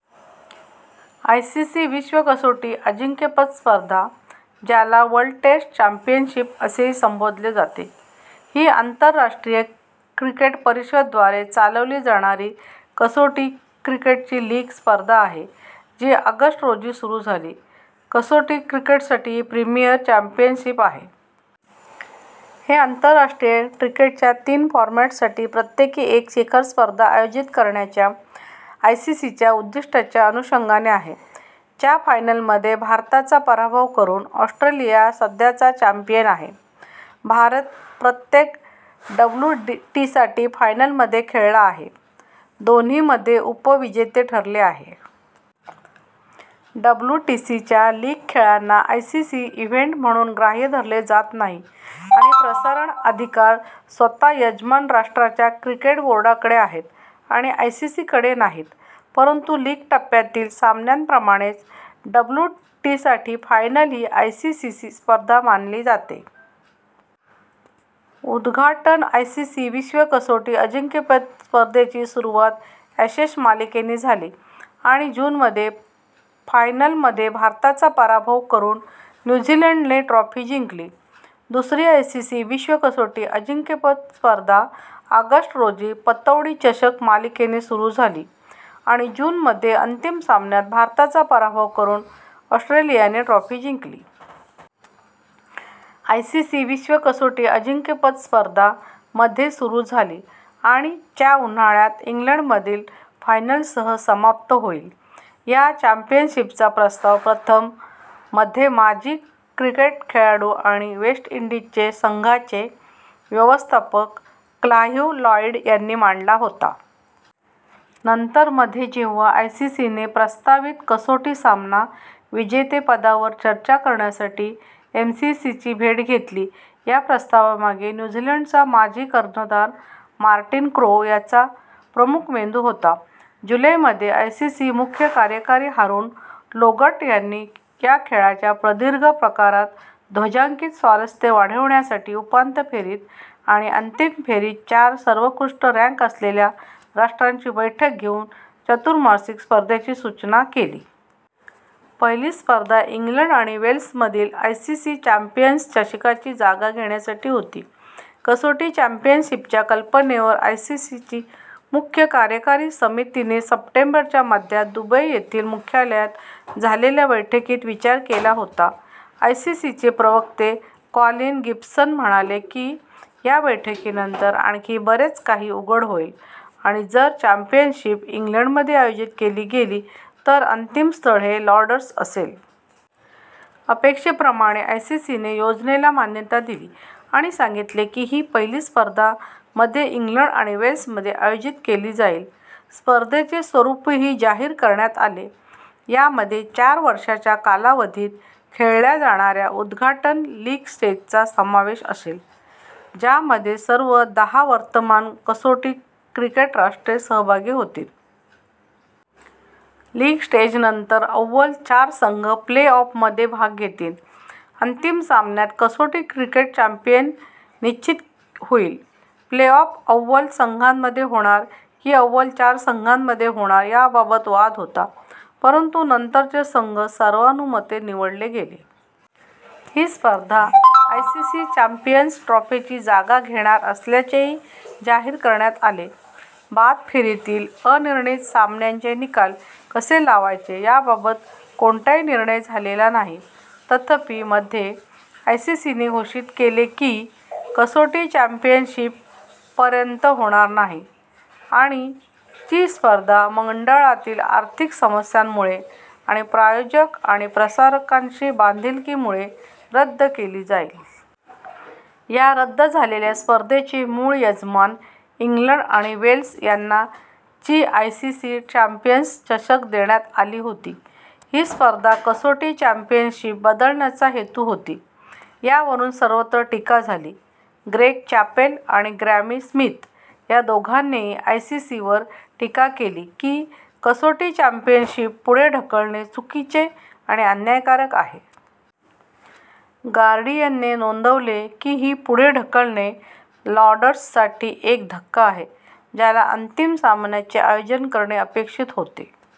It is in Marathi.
आयसीसी विश्व कसोटी अजिंक्यपद स्पर्धा, ज्याला वर्ल्ड टेस्ट चॅम्पियनशिप असेही संबोधले जाते, ही आंतरराष्ट्रीय क्रिकेट परिषद द्वारे चालवली जाणारी कसोटी क्रिकेटची लीग स्पर्धा आहे, जी ऑगस्ट रोजी सुरू झाली. कसोटी क्रिकेटसाठी ही प्रीमियर चॅम्पियनशिप आहे. हे आंतरराष्ट्रीय क्रिकेटच्या तीन फॉरमॅटसाठी प्रत्येकी एक शिखर स्पर्धा आयोजित करण्याच्या आयसीसीच्या उद्दिष्टाच्या अनुषंगाने आहे. च्या फायनलमध्ये भारताचा पराभव करून ऑस्ट्रेलिया सध्याचा चॅम्पियन आहे. भारत प्रत्येक डब्ल्यूटीसी फायनलमध्ये खेळला आहे, दोन्हीमध्ये उपविजेते ठरले आहे. डब्ल्यूटीसीच्या लीग खेळांना आयसीसी इव्हेंट म्हणून ग्राह्य धरले जात नाही आणि प्रसारण अधिकार स्वतः यजमान राष्ट्राच्या क्रिकेट बोर्डाकडे आहेत आणि आयसीसी कडे नाहीत. परंतु लीग टप्प्यातील सामन्यांप्रमाणेच, डब्ल्यूटीसी फायनल ही आयसीसी स्पर्धा मानली जाते. उद्घाटन आयसीसी विश्व कसोटी अजिंक्यपद स्पर्धेची सुरुवात ॲशेस मालिकेने झाली आणि जून मध्ये फायनलमध्ये भारताचा पराभव करून न्यू झीलंडने ट्रॉफी जिंकली. दुसरी आयसीसी विश्व कसोटी अजिंक्यपद स्पर्धा ऑगस्ट रोजी पतौडी चषक मालिकेने सुरू झाली आणि जून मध्ये अंतिम सामन्यात भारताचा पराभव करून ऑस्ट्रेलियाने ट्रॉफी जिंकली. आयसीसी विश्व कसोटी अजिंक्यपद स्पर्धा मध्ये सुरू झाली आणि च्या उन्हाळ्यात इंग्लंडमधील फायनलसह समाप्त होईल. या चॅम्पियनशिपचा प्रस्ताव प्रथम मध्ये माजी क्रिकेट खेळाडू आणि वेस्ट इंडीज संघाचे व्यवस्थापक क्लाइव्ह लॉईड यांनी मांडला होता. नंतर, मध्ये, जेव्हा आयसीसी ने प्रस्तावित कसोटी सामना विजेतेपदावर चर्चा करण्यासाठी एमसीसीची भेट घेतली. या प्रस्तावामागे न्यू झीलंडचा माजी कर्णधार मार्टिन क्रो यांचा प्रमुख मेंदू होता. जुलै मध्ये आयसीसी मुख्य कार्यकारी हारून लोर्गट यांनी या खेळाच्या प्रदीर्घ प्रकारात ध्वजांकित स्वारस्य वाढवण्यासाठी उपांत्य फेरीत आणि अंतिम फेरीत चार सर्वोत्कृष्ट रँक असलेल्या राष्ट्रांची बैठक घेऊन चतुर्मासिक स्पर्धेची सूचना केली. पहिली स्पर्धा इंग्लंड आणि वेल्समधील आयसीसी चॅम्पियन्स चषकची जागा घेण्यासाठी होती. कसोटी चॅम्पियनशिपच्या कल्पनेवर आयसीसी मुख्य कार्यकारी समितीने सप्टेंबर च्या मध्यात दुबई येथील मुख्यालयात झालेल्या बैठकीत विचार केला होता. आयसीसीचे प्रवक्ते कॉलिन गिब्सन म्हणाले की या बैठकीनंतर आणखी बरेच काही उघड होईल आणि जर चॅम्पियनशिप इंग्लंडमध्ये आयोजित केली गेली तर अंतिम स्थळ हे लॉर्ड्स असेल. अपेक्षेप्रमाणे, आयसीसीने योजनेला मान्यता दिली आणि सांगितले की पहिली स्पर्धा मध्ये इंग्लंड आणि वेल्समध्ये आयोजित केली जाईल. स्पर्धेचे स्वरूपही जाहीर करण्यात आले. यामध्ये चार वर्षांच्या कालावधीत खेळल्या जाणाऱ्या उद्घाटन लीग स्टेजचा समावेश असेल, ज्यामध्ये सर्व दहा वर्तमान कसोटी क्रिकेट राष्ट्रे सहभागी होतील. लीग स्टेजनंतर अव्वल चार संघ प्ले-ऑफमध्ये भाग घेतील, अंतिम सामन्यात कसोटी क्रिकेट चॅम्पियन निश्चित होईल. प्ले-ऑफ अव्वल संघांमध्ये होणार की अव्वल चार संघांमध्ये होणार याबाबत वाद होता, परंतु नंतरचे संघ सर्वानुमते निवडले गेले. ही स्पर्धा आयसीसी चॅम्पियन्स ट्रॉफीची जागा घेणार असल्याचेही जाहीर करण्यात आले. बाद फेरीतील अनिर्णित सामन्यांचे निकाल कसे लावायचे याबाबत कोणताही निर्णय झालेला नाही. तथापि, मध्ये, आयसीसीने घोषित केले की कसोटी चॅम्पियनशिप पर्यंत होणार नाही आणि ची स्पर्धा मंडळातील आर्थिक समस्यांमुळे आणि प्रायोजक आणि प्रसारकांशी बांधिलकीमुळे रद्द केली जाईल. या रद्द झालेल्या स्पर्धेचे मूळ यजमान इंग्लंड आणि वेल्स यांना ची आयसीसी चॅम्पियन्स चषक देण्यात आली होती, ही स्पर्धा कसोटी चॅम्पियनशिप बदलण्याचा हेतू होती. यावरून सर्वत्र टीका झाली; ग्रेग चॅपेल आणि ग्रॅमी स्मिथ या दोघांनीही आयसीसीवर टीका केली की, कसोटी चॅम्पियनशिप पुढे ढकलणे चुकीचे आणि अन्यायकारक आहे. गार्डियनने नोंदवले की ही पुढे ढकलणे लॉर्ड्ससाठी एक धक्का आहे, ज्याला अंतिम सामन्याचे आयोजन करणे अपेक्षित होते.।